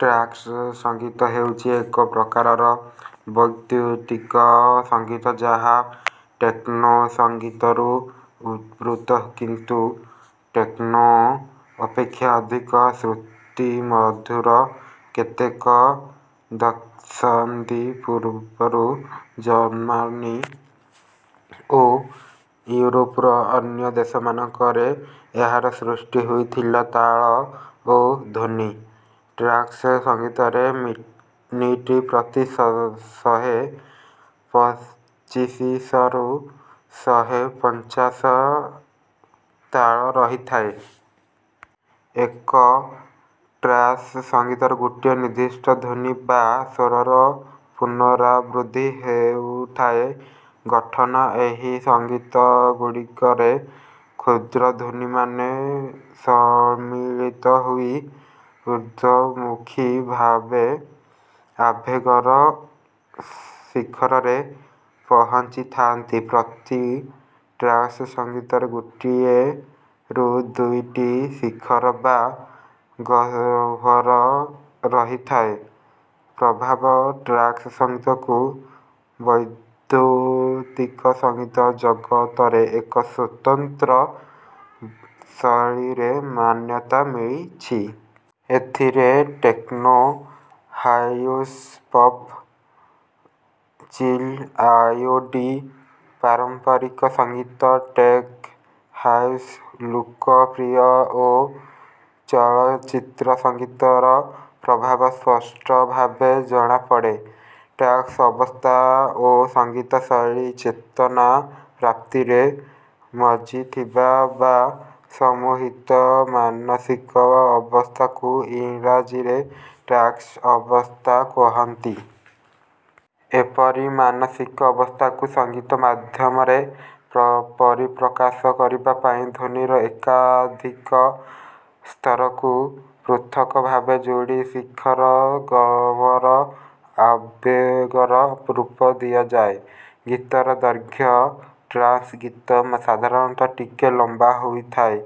Trance ସଙ୍ଗୀତ ହେଉଛି ଏକ ପ୍ରକାରର ବୈଦୁତିକ ସଙ୍ଗୀତ, ଯାହା ଟେକ୍ନୋ ସଙ୍ଗୀତରୁ ଉଦ୍ଧୃତ କିନ୍ତୁ ଟେକ୍ନୋ ଅପେକ୍ଷା ଅଧିକ ଶ୍ରୁତିମଧୁର। କେତେକ ଦଶନ୍ଧି ପୂର୍ବରୁ ଜର୍ମାନୀ ଓ ଇଉରୋପର ଅନ୍ୟ ଦେଶମାନଙ୍କରେ ଏହାର ସୃଷ୍ଟି ହୋଇଥିଲା। ତାଳ ଓ ଧ୍ୱନି ଟ୍ରାନ୍ସ୍ ସଙ୍ଗୀତରେ ମିନିଟ୍ ପ୍ରତି ଶହେ ପଚିଶରୁ ଶହେ ପଞ୍ଚାଶ ତାଳ ରହିଥାଏ। ଏକ ଟ୍ରାନ୍ସ୍ ଗୀତରେ ଗୋଟିଏ ନିର୍ଦ୍ଦିଷ୍ଟ ଧ୍ୱନି ବା ସ୍ୱରର ପୁନରାବୃତ୍ତି ହେଉଥାଏ। ଗଠନ ଏହି ଗୀତଗୁଡ଼ିକରେ କ୍ଷୁଦ୍ର ଧ୍ୱନିମାନ ସମ୍ମିଳିତ ହୋଇ ଉର୍ଦ୍ଧ୍ୱମୁଖୀ ଆବେଗର ଶିଖରରେ ପହଞ୍ଚିଥାନ୍ତି। ପ୍ରତି ଟ୍ରାନ୍ସ୍ ଗୀତରେ ଗୋଟିଏରୁ ଦୁଇଟି ଶିଖର ବା ଗହ୍ୱର ରହିଥାଏ। ପ୍ରଭାବ ଟ୍ରାନ୍ସ୍ ସଙ୍ଗୀତକୁ ବୈଦୁତିକ ସଙ୍ଗୀତ ଜଗତରେ ଏକ ସ୍ୱତନ୍ତ୍ର ଶୈଳୀର ମାନ୍ୟତା ମିଳିଛି। ଏଥିରେ ଟେକ୍ନୋ, ହାଉସ୍, ପପ୍, ଚିଲ୍-ଆଉଟ୍, ପାରମ୍ପରିକ ସଙ୍ଗୀତ, ଟେକ୍ ହାଉସ୍, ଲୋକପ୍ରିୟ ଓ ଚଳଚ୍ଚିତ୍ର ସଙ୍ଗୀତର ପ୍ରଭାବ ସ୍ପଷ୍ଟ ଭାବେ ଜଣାପଡ଼େ। ଟ୍ରାନ୍ସ୍ ଅବସ୍ଥା ଓ ସଙ୍ଗୀତ ଶୈଳୀ ଚେତନା ପ୍ରାପ୍ତିରେ ମଜ୍ଜିଥିବା ବା ସମ୍ମୋହିତ ମାନସିକ ଅବସ୍ଥାକୁ ଇଂରାଜୀରେ ଟ୍ରାନ୍ସ୍ଅ ବସ୍ଥା କୁହନ୍ତି। ଏପରି ମାନସିକ ଅବସ୍ଥାକୁ ସଙ୍ଗୀତ ମାଧ୍ୟମରେ ପରିପ୍ରକାଶ କରିବା ପାଇଁ ଧ୍ୱନିର ଏକାଧିକ ସ୍ତରକୁ ପୃଥକ୍ ଭାବେ ଯୋଡ଼ି ଶିଖର ଗହ୍ୱର ଆବେଗର ରୂପ ଦିଆଯାଏ। ଗୀତର ଦୈର୍ଘ୍ୟ ଟ୍ରାନ୍ସ୍ ଗୀତ ସାଧାରଣତଃ ଟିକେ ଲମ୍ବା ହୋଇଥାଏ।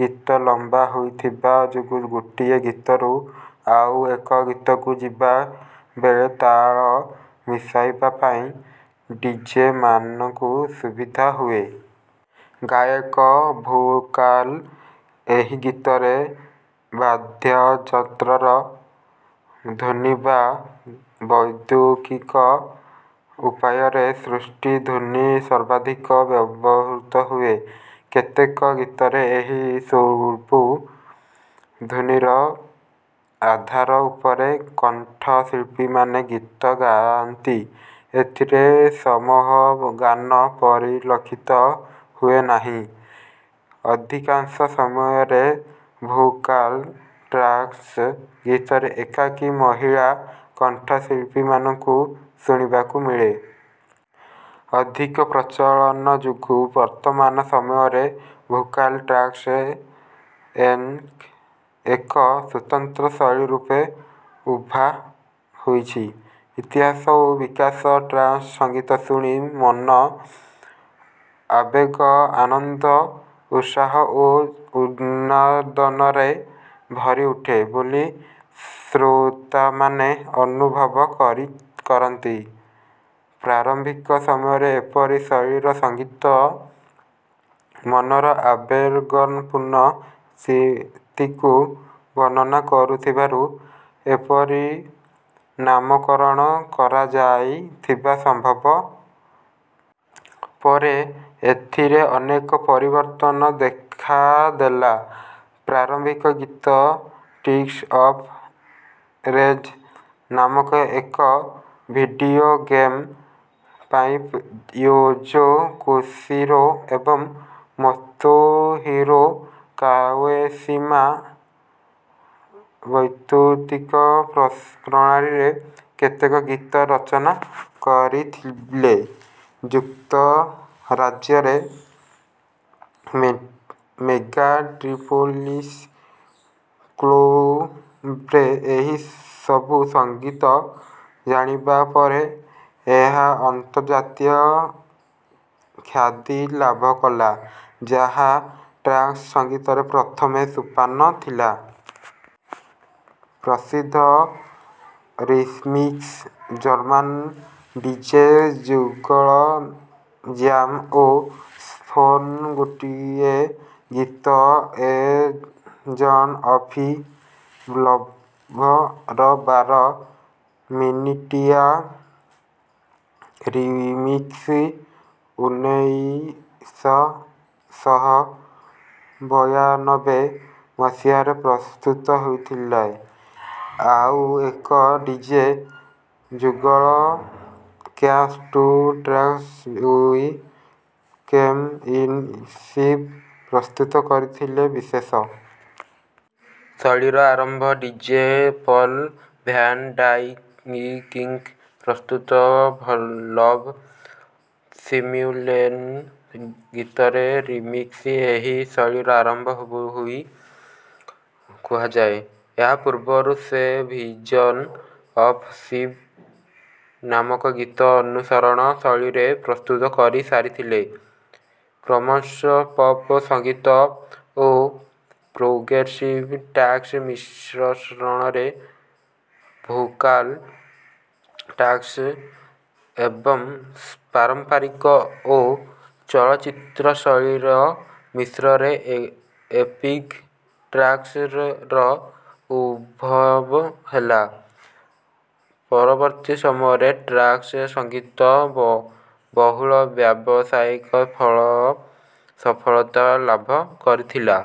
ଗୀତ ଲମ୍ବା ହୋଇଥିବା ଯୋଗୁଁ ଗୋଟିଏ ଗୀତରୁ ଆଉ ଏକ ଗୀତକୁ ଯିବା ବେଳେ ତାଳ ମିଶାଇବା ପାଇଁ ଡିଜେ ମାନଙ୍କୁ ସୁବିଧା ହୁଏ। ଗାୟକ ଓ ଭୋକାଲ୍ ଏହି ଗୀତରେ ବାଦ୍ୟଯନ୍ତ୍ରର ଧ୍ୱନି ବା ବୈଦୁତିକ ଉପାୟରେ ସୃଷ୍ଟ ଧ୍ୱନି ସର୍ବାଧିକ ବ୍ୟବହୃତ ହୁଏ। କେତେକ ଗୀତରେ ଏହି ସବୁ ଧ୍ୱନିର ଆଧାର ଉପରେ କଣ୍ଠଶିଳ୍ପୀମାନେ ଗୀତ ଗାଆନ୍ତି। ଏଥିରେ ସମୂହଗାନ ପରିଲକ୍ଷିତ ହୁଏନାହିଁ। ଅଧିକାଂଶ ସମୟରେ ଭୋକାଲ୍ ଟ୍ରାନ୍ସ୍ ଗୀତରେ ଏକାକୀ ମହିଳା କଣ୍ଠଶିଳ୍ପୀମାନଙ୍କୁ ଶୁଣିବାକୁ ମିଳେ। ଅଧିକ ପ୍ରଚଳନ ଯୋଗୁଁ ବର୍ତ୍ତମାନ ସମୟରେ ଭୋକାଲ୍ ଟ୍ରାନ୍ସ୍ ଏକ ସ୍ୱତନ୍ତ୍ର ଶୈଳୀ ରୂପେ ଉଭା ହୋଇଛି। ଇତିହାସ ଓ ବିକାଶ ଟ୍ରାନ୍ସ୍ ସଙ୍ଗୀତ ଶୁଣି ମନ ଆବେଗ, ଆନନ୍ଦ, ଉତ୍ସାହ ଓ ଉନ୍ମାଦନାରେ ଭରି ଉଠେ ବୋଲି ଶ୍ରୋତାମାନେ ଅନୁଭବ କରନ୍ତି। ପ୍ରାରମ୍ଭିକ ସମୟରେ ଏପରି ଶୈଳୀର ସଙ୍ଗୀତ ମନର ଆବେଗପୂର୍ଣ୍ଣ ସ୍ଥିତିକୁ ବର୍ଣ୍ଣନା କରୁଥିବାରୁ ଏପରି ନାମକରଣ କରାଯାଇଥିବା ସମ୍ଭବପର। ପରେ ଏଥିରେ ଅନେକ ପରିବର୍ତ୍ତନ ଦେଖାଦେଲା। ପ୍ରାରମ୍ଭିକ ଗୀତ ଷ୍ଟ୍ରିଟ୍ସ୍ ଅଫ୍ ରେଜ୍ ନାମକ ଏକ ଭିଡ଼ିଓ ଗେମ୍ ପାଇଁ ୟୁଜୋ କୋଶିରୋ ଏବଂ ମୋତୋହିରୋ କାୱାଶିମା ବୈଦୁତିକ ପ୍ରଣାଳୀରେ କେତେକ ଗୀତ ରଚନା କରିଥିଲେ। ଯୁକ୍ତରାଜ୍ୟର ମେଗାଟ୍ରିପୋଲିସ୍ କ୍ଲବ୍ରେ ଏହି ସବୁ ଗୀତ ବାଜିବା ପରେ ଏହା ଅନ୍ତର୍ଜାତୀୟ ଖ୍ୟାତି ଲାଭ କଲା, ଯାହା ଟ୍ରାନ୍ସ୍ ସଙ୍ଗୀତର ପ୍ରଥମ ସୋପାନ ଥିଲା। ପ୍ରସିଦ୍ଧ ରିମିକ୍ସ ଜର୍ମାନ୍ ଡିଜେ ଯୁଗଳ 'ଜାମ୍ ଓ ସ୍ପୁନ୍' ଗୋଟିଏ ଗୀତ ଦ ଏଜ୍ ଅଫ୍ ଲଭ୍ ର ବାର ମିନିଟିଆ ରିମିକ୍ସ୍ ଉନେଇଶ ଶହ ବୟାନବେ ମସିହାରେ ପ୍ରସ୍ତୁତ କରିଥିଲେ। ଆଉ ଏକ ଡିଜେ ଯୁଗଳ 'dance to trance' we came in peace ପ୍ରସ୍ତୁତ କରିଥିଲେ। ବିଶେଷ ଶୈଳୀର ଆରମ୍ଭ ଡିଜେ ପଲ୍ ଭାନ୍ ଡାଇକ୍‌ଙ୍କ ପ୍ରସ୍ତୁତ ଲଭ୍ ସିମ୍ୟୁଲେସନ୍ ଗୀତର ରିମିକ୍ସ୍ରୁ ଏହି ଶୈଳୀର ଆରମ୍ଭ ବୋଲି କୁହାଯାଏ। ଏହା ପୂର୍ବରୁ ସେ ଭିଜନ୍ ଅଫ୍ ଶିବ ନାମକ ଗୀତ ଅନୁରୂପ ଶୈଳୀରେ ପ୍ରସ୍ତୁତ କରିସାରିଥିଲେ। କ୍ରମଶଃ ପପ୍ ସଙ୍ଗୀତ ଓ ପ୍ରୋଗ୍ରେସିଭ୍ ଟ୍ରାନ୍ସ୍ର ମିଶ୍ରଣରେ ଭୋକାଲ୍ ଟ୍ରାନ୍ସ୍ ଏବଂ ପାରମ୍ପରିକ ଓ ଚଳଚ୍ଚିତ୍ର ଶୈଳୀର ମିଶ୍ରଣରେ ଏପିକ୍ ଟ୍ରାନ୍ସ୍ ର ଉଦ୍ଭବ ହେଲା। ପରବର୍ତ୍ତୀ ସମୟରେ ଟ୍ରାନ୍ସ୍ ସଙ୍ଗୀତ ବହୁଳ ବ୍ୟାବସାୟିକ ସଫଳତା ଲାଭ କରିଥିଲା।